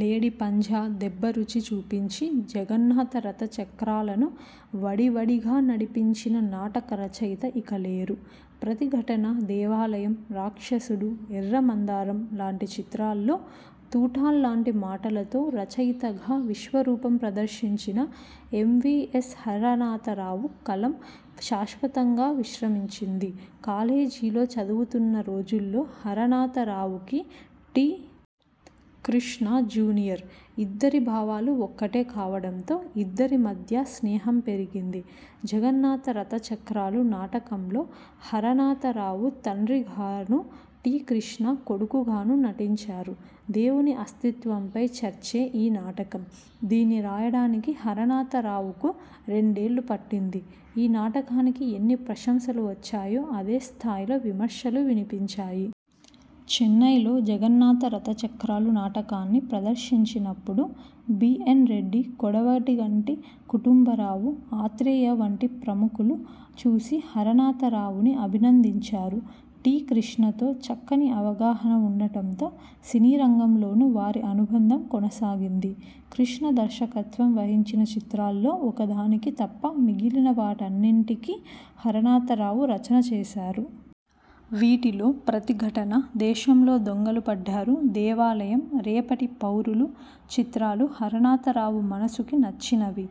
లేడి పంజా' దెబ్బ రుచి చూపించి, 'జగన్నాథ రథ చక్రాల'ను వడివడిగా నడిపించిన నాటక రచయిత ఇక లేరు. 'ప్రతిఘటన', 'దేవాలయం', 'రాక్షసుడు', 'ఎర్ర మందారం' లాంటి చిత్రాల్లో తూటాల్లాంటి మాటలతో రచయితగా విశ్వరూపం ప్రదర్శించిన ఎంవీఎస్ హరనాథరావు కలం శాశ్వతంగా విశ్రమించింది. కాలేజీలో చదువుతున్న రోజుల్లో హరనాథరావుకి టి. కృష్ణ జూనియర్. ఇద్దరి భావాలూ ఒక్కటే కావడంతో ఇద్దరి మధ్యా స్నేహం పెరిగింది. 'జగన్నాథ రథచక్రాలు' నాటకంలో హరనాథరావు తండ్రిగానూ, టి. కృష్ణ కొడుకుగానూ నటించారు. దేవుని అస్తిత్వంపై చర్చే ఈ నాటకం. దీన్ని రాయడానికి హరనాథరావుకు రెండేళ్లు పట్టింది. ఈ నాటకానికి ఎన్ని ప్రశంసలు వచ్చాయో, అదే స్థాయిలో విమర్శలూ వినిపించాయి. చెన్నైలో 'జగన్నాథ రథచక్రాలు' నాటకాన్ని ప్రదర్శించినప్పుడు బి. ఎన్. రెడ్డి, కొడవటిగంటి కుటుంబరావు, ఆత్రేయ వంటి ప్రముఖులు చూసి హరనాథరావుని అభినందించారు. టి. కృష్ణతో చక్కని అవగాహన ఉండటంతో సినీరంగంలోనూ వారి అనుబంధం కొనసాగింది. కృష్ణ దర్శకత్వం వహించిన చిత్రాల్లో ఒకదానికి తప్ప మిగిలిన వాటన్నింటికీ హరనాథరావు రచన చేశారు. వీటిలో 'ప్రతిఘటన', 'దేశంలో దొంగలు పడ్డారు', 'దేవాలయం', 'రేపటి పౌరులు' చిత్రాలు హరనాథరావు మనసుకి నచ్చినవి.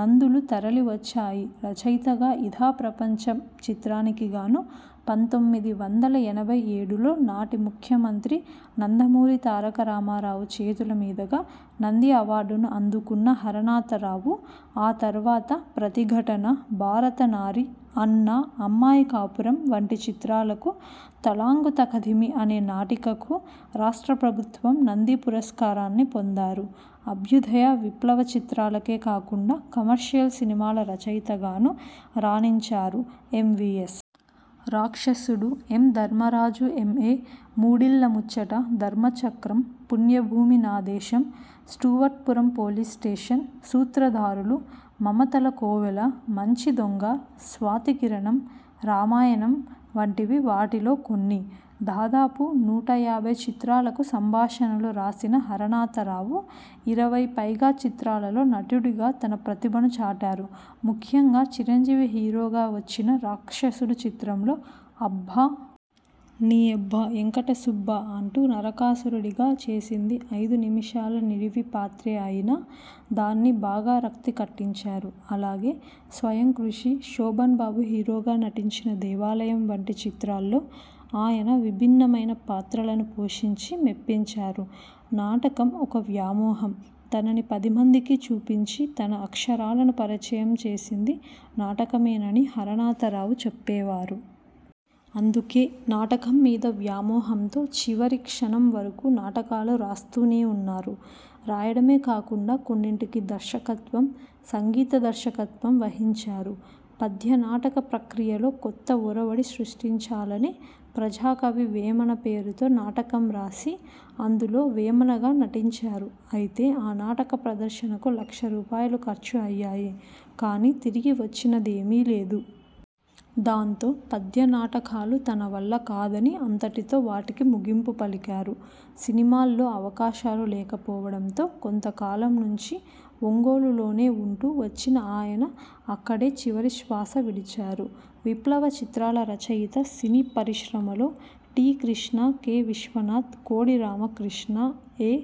నందులు తరలి వచ్చాయిరచయితగా 'ఇదా ప్రపంచం' చిత్రానికిగాను పంతొమ్మిది వందల ఎనభై ఏడులో నాటి ముఖ్యమంత్రి నందమూరి తారకరామారావు చేతుల మీదుగా నంది అవార్డును అందుకున్న హరనాథరావు, ఆ తర్వాత 'ప్రతిఘటన', 'భారతనారి', 'అన్న', 'అమ్మాయి కాపురం' వంటి చిత్రాలకు, 'తళాంగు తకధిమి' అనే నాటికకు రాష్ట్రప్రభుత్వ నంది పురస్కారాన్ని పొందారు అభ్యుదయ, విప్లవ చిత్రాలకే కాకుండా కమర్షియల్ సినిమాల రచయితగానూ రాణించారు ఎంవీయస్. 'రాక్షసుడు', 'యం ధర్మరాజు ఎంఏ', 'మూడిళ్ల ముచ్చట', 'ధర్మచక్రం', 'పుణ్యభూమి నా దేశం', 'స్టూవర్ట్పురం పోలీస్ స్టేషన్', 'సూత్రధారులు', 'మమతల కోవెల', 'మంచి దొంగ', 'స్వాతి కిరణం', 'రామాయణం' వంటివి వాటిలో కొన్ని. దాదాపు నూట యాభై చిత్రాలకు సంభాషణలు రాసిన హరనాథరావు ఇరవై పైగా చిత్రాలలో నటుడిగా తన ప్రతిభను చాటారు ముఖ్యంగా చిరంజీవి హీరోగా వచ్చిన 'రాక్షసుడు' చిత్రంలో 'అబ్బా! నీ యబ్బా ఎంకట సుబ్బా! ' అంటూ నరకాసురుడిగా చేసింది ఐదు నిముషాల నిడివి పాత్రే అయినా దాన్ని బాగా రక్తి కట్టించారు. అలాగే 'స్వయంకృషి', శోభన్ బాబు హీరోగా నటించిన 'దేవాలయం' వంటి చిత్రాల్లో ఆయన విభిన్నమైన పాత్రలను పోషించి మెప్పించారు. నాటకం ఒక వ్యామోహంతనని పదిమందికీ చూపించి, తన అక్షరాలను పరిచయం చేసింది నాటకమేనని హరనాథరావు చెప్పేవారు. అందుకే నాటకం మీద వ్యామోహంతో చివరి క్షణం వరకూ నాటకాలు రాస్తూనే ఉన్నారు. రాయడమే కాకుండా కొన్నింటికి దర్శకత్వం, సంగీత దర్శకత్వం వహించారు. పద్యనాటక ప్రక్రియలో కొత్త ఒరవడి సృష్టించాలని 'ప్రజాకవి వేమన' పేరుతో నాటకం రాసి, అందులో వేమనగా నటించారు. అయితే ఆ నాటక ప్రదర్శనకు లక్ష రూపాయలు ఖర్చు అయ్యాయి కానీ తిరిగి వచ్చినదేమీ లేదు. దాంతో పద్య నాటకాలు తన వల్ల కాదని అంతటితో వాటికి ముగింపు పలికారు. సినిమాల్లో అవకాశాలు లేకపోవడంతో కొంత కాలం నుంచీ ఒంగోలులోనే ఉంటూ వచ్చిన ఆయన అక్కడే చివరి శ్వాస విడిచారు. విప్లవ చిత్రాల రచయితసినీ పరిశ్రమలో టి. కృష్ణ, కె. విశ్వనాథ్, కోడి రామకృష్ణ, ఎ.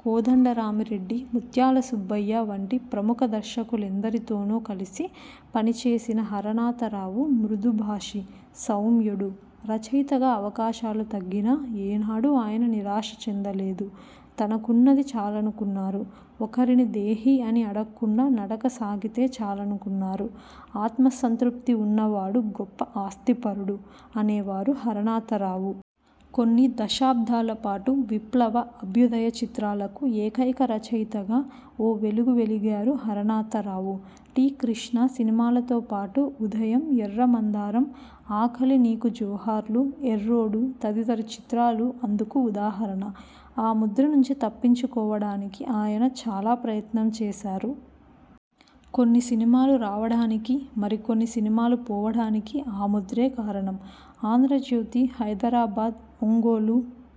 కోదండరామిరెడ్డి, ముత్యాల సుబ్బయ్య వంటి ప్రముఖ దర్శకులెందరితోనో కలిసి పనిచేసిన హరనాథరావు మృదుభాషి, సౌమ్యుడు. రచయితగా అవకాశాలు తగ్గినా ఏనాడూ ఆయన నిరాశ చెందలేదు. తనకున్నది చాలనుకున్నారు. ఒకరిని దేహీ అని అడక్కుండా నడక సాగితే చాలనుకున్నారు. 'ఆత్మసంతృప్తి ఉన్నవాడు గొప్ప ఆస్తిపరుడు' అనేవారు హరనాథరావు. కొన్ని దశాబ్దాల పాటు విప్లవ, అభ్యుదయ చిత్రాలకు ఏకైక రచయితగా ఓ వెలుగు వెలిగారు హరనాథరావు. టి. కృష్ణ సినిమాలతో పాటు 'ఉదయం', 'ఎర్ర మందారం', 'ఆకలీ నీకు జోహార్లు', 'ఎర్రోడు' తదితర చిత్రాలు అందుకు ఉదాహరణ. ఆ ముద్ర నుంచి తప్పించుకోవడానికి ఆయన చాలా ప్రయత్నం చేశారు. కొన్ని సినిమాలు రావడానికీ, మరి కొన్ని సినిమాలు పోవడానికీ ఆ ముద్రే కారణం. ఆంధ్రజ్యోతి, హైదరాబాద్, ఒంగోలు